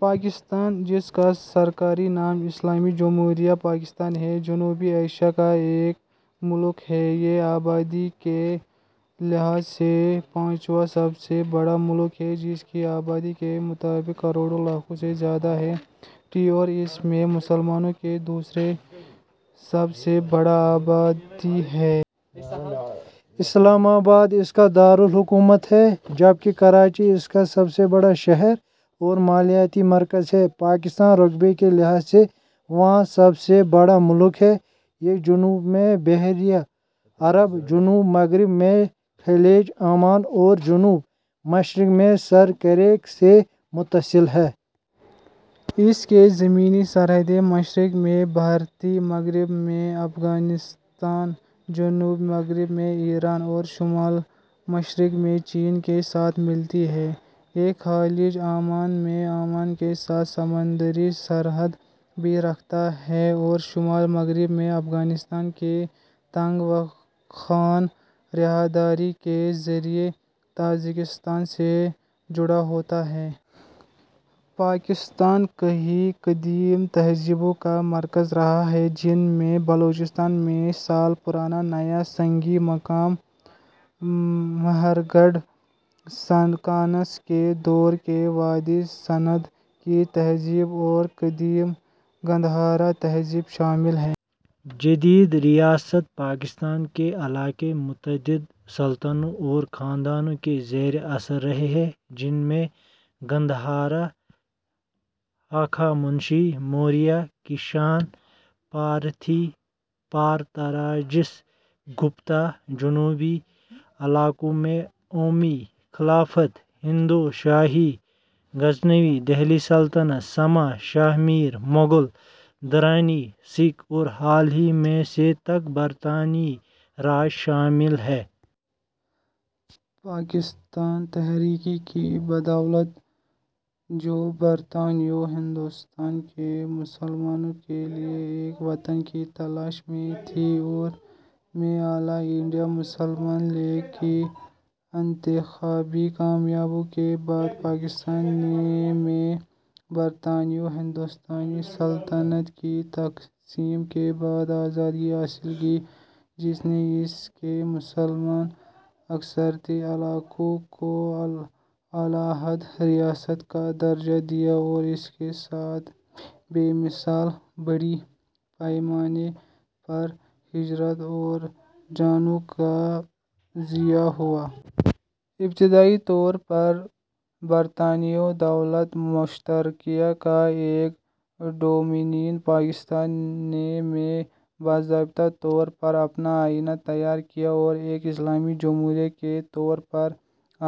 پاکستان ، جس کا سرکاری نام اسلامی جمہوریہ پاکستان ہے، جنوبی ایشیا کا ایک ملک ہے۔ یہ آبادی کے لحاظ سے پانچواں سب سے بڑا ملک ہے، جس کی آبادی کے مطابق کروڑ لاکھ سے زیادہ ہے، ٹ اور اس میں مسلمانوں کی دوسری سب سے بڑی آبادی ہے۔ اسلام آباد اس کا دار الحکومت ہے، جبکہ کراچی اس کا سب سے بڑا شہر اور مالیاتی مرکز ہے۔ پاکستان رقبے کے لحاظ سے واں سب سے بڑا ملک ہے۔ یہ جنوب میں بحیرہ عرب ، جنوب مغرب میں خلیج عمان اور جنوب مشرق میں سر کریک سے متصل ہے۔ اس کی زمینی سرحدیں مشرق میں بھارت ، مغرب میں افغانستان ، جنوب مغرب میں ایران اور شمال مشرق میں چین کے ساتھ ملتی ہیں۔ یہ خلیج عمان میں عمان کے ساتھ سمندری سرحد بھی رکھتا ہے اور شمال مغرب میں افغانستان کے تنگ واخان راہداری کے ذریعے تاجکستان سے جدا ہوتا ہے۔ پاکستان کئیی قدیم تہذیبوں کا مرکز رہا ہے، جن میں بلوچستان میں سال پرانا نیا سنگی مقام مہرگڑھ ، کانسی کے دور کی وادی سندھ کی تہذیب ، اور قدیم گندھارا تہذیب شامل ہیں۔ جدید ریاست پاکستان کے علاقے متعدد سلطنتوں اور خاندانوں کے زیر اثر رہے ہیں، جن میں گندھارا ، ہخامنشی ، موریہ ، کشان ، پارتھی ، پارتراجس ، گپتا ؛ جنوبی علاقوں میں اموی خلافت ، ہندو شاہی ، غزنوی ، دہلی سلطنت ، سما ، شاہ میر ، مغل ، درانی ، سکھ اور حال ہی میں سے تک برطانوی راج شامل ہیں۔ پاکستان تحریک کی بدولت، جو برطانوی ہندوستان کے مسلمانوں کے لیے ایک وطن کی تلاش میں تھی اور میں آل انڈیا مسلم لیگ کی انتخابی کامیابیوں کے بعد، پاکستان نے میں برطانوی ہندوستانی سلطنت کی تقسیم کے بعد آزادی حاصل کی، جس نے اس کے مسلم اکثریتی علاقوں کو علاحدہ ریاست کا درجہ دیا اور اس کے ساتھ بے مثال بڑے پیمانے پر ہجرت اور جانوں کا ضیاع ہوا۔ ابتدائی طور پر برطانوی دولت مشترکہ کا ایک ڈومینین ، پاکستان نے میں باضابطہ طور پر اپنا آئین تیار کیا اور ایک اسلامی جمہوریہ کے طور پر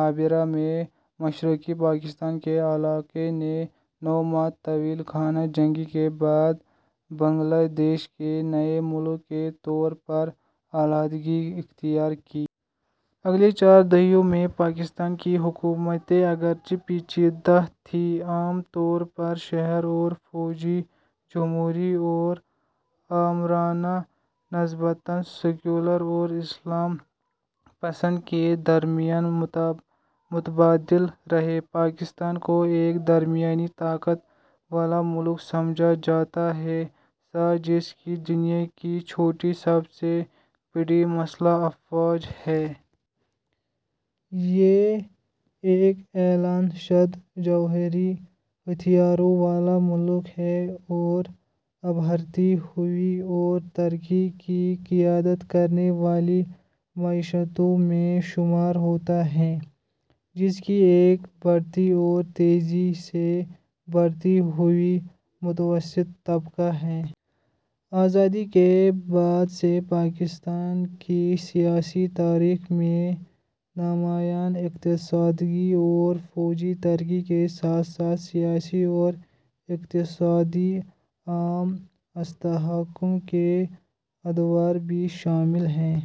ابھرا۔ میں، مشرقی پاکستان کے علاقے نے نو ماہ طویل خانہ جنگی کے بعد بنگلہ دیش کے نئے ملک کے طور پر علیحدگی اختیار کی۔ اگلے چار دہائیوں میں، پاکستان کی حکومتیں، اگرچہ پیچیدہ تھیں، عام طور پر شہری اور فوجی، جمہوری اور آمرانہ، نسبتاً سیکولر اور اسلام پسند کے درمیان متبادل رہیں۔ پاکستان کو ایک درمیانی طاقت والا ملک سمجھا جاتا ہے، ث جس کی دنیا کی چھٹی سب سے بڑی مسلح افواہج ہیں۔ یہ ایک اعلان شدہ جوہری ہتھیاروں والا ملک ہے اور ابھرتی ہوئی اور ترقی کی قیادت کرنے والی معیشتوں میں شمار ہوتا ہے، جس کی ایک بڑی اور تیزی سے بڑھتی ہوئی متوسط طبقہ ہے۔ آزادی کے بعد سے پاکستان کی سیاسی تاریخ میں نمایاں اقتصادی اور فوجی ترقی کے ساتھ ساتھ سیاسی اور اقتصادی عدم استحکام کے ادوار بھی شامل ہیں۔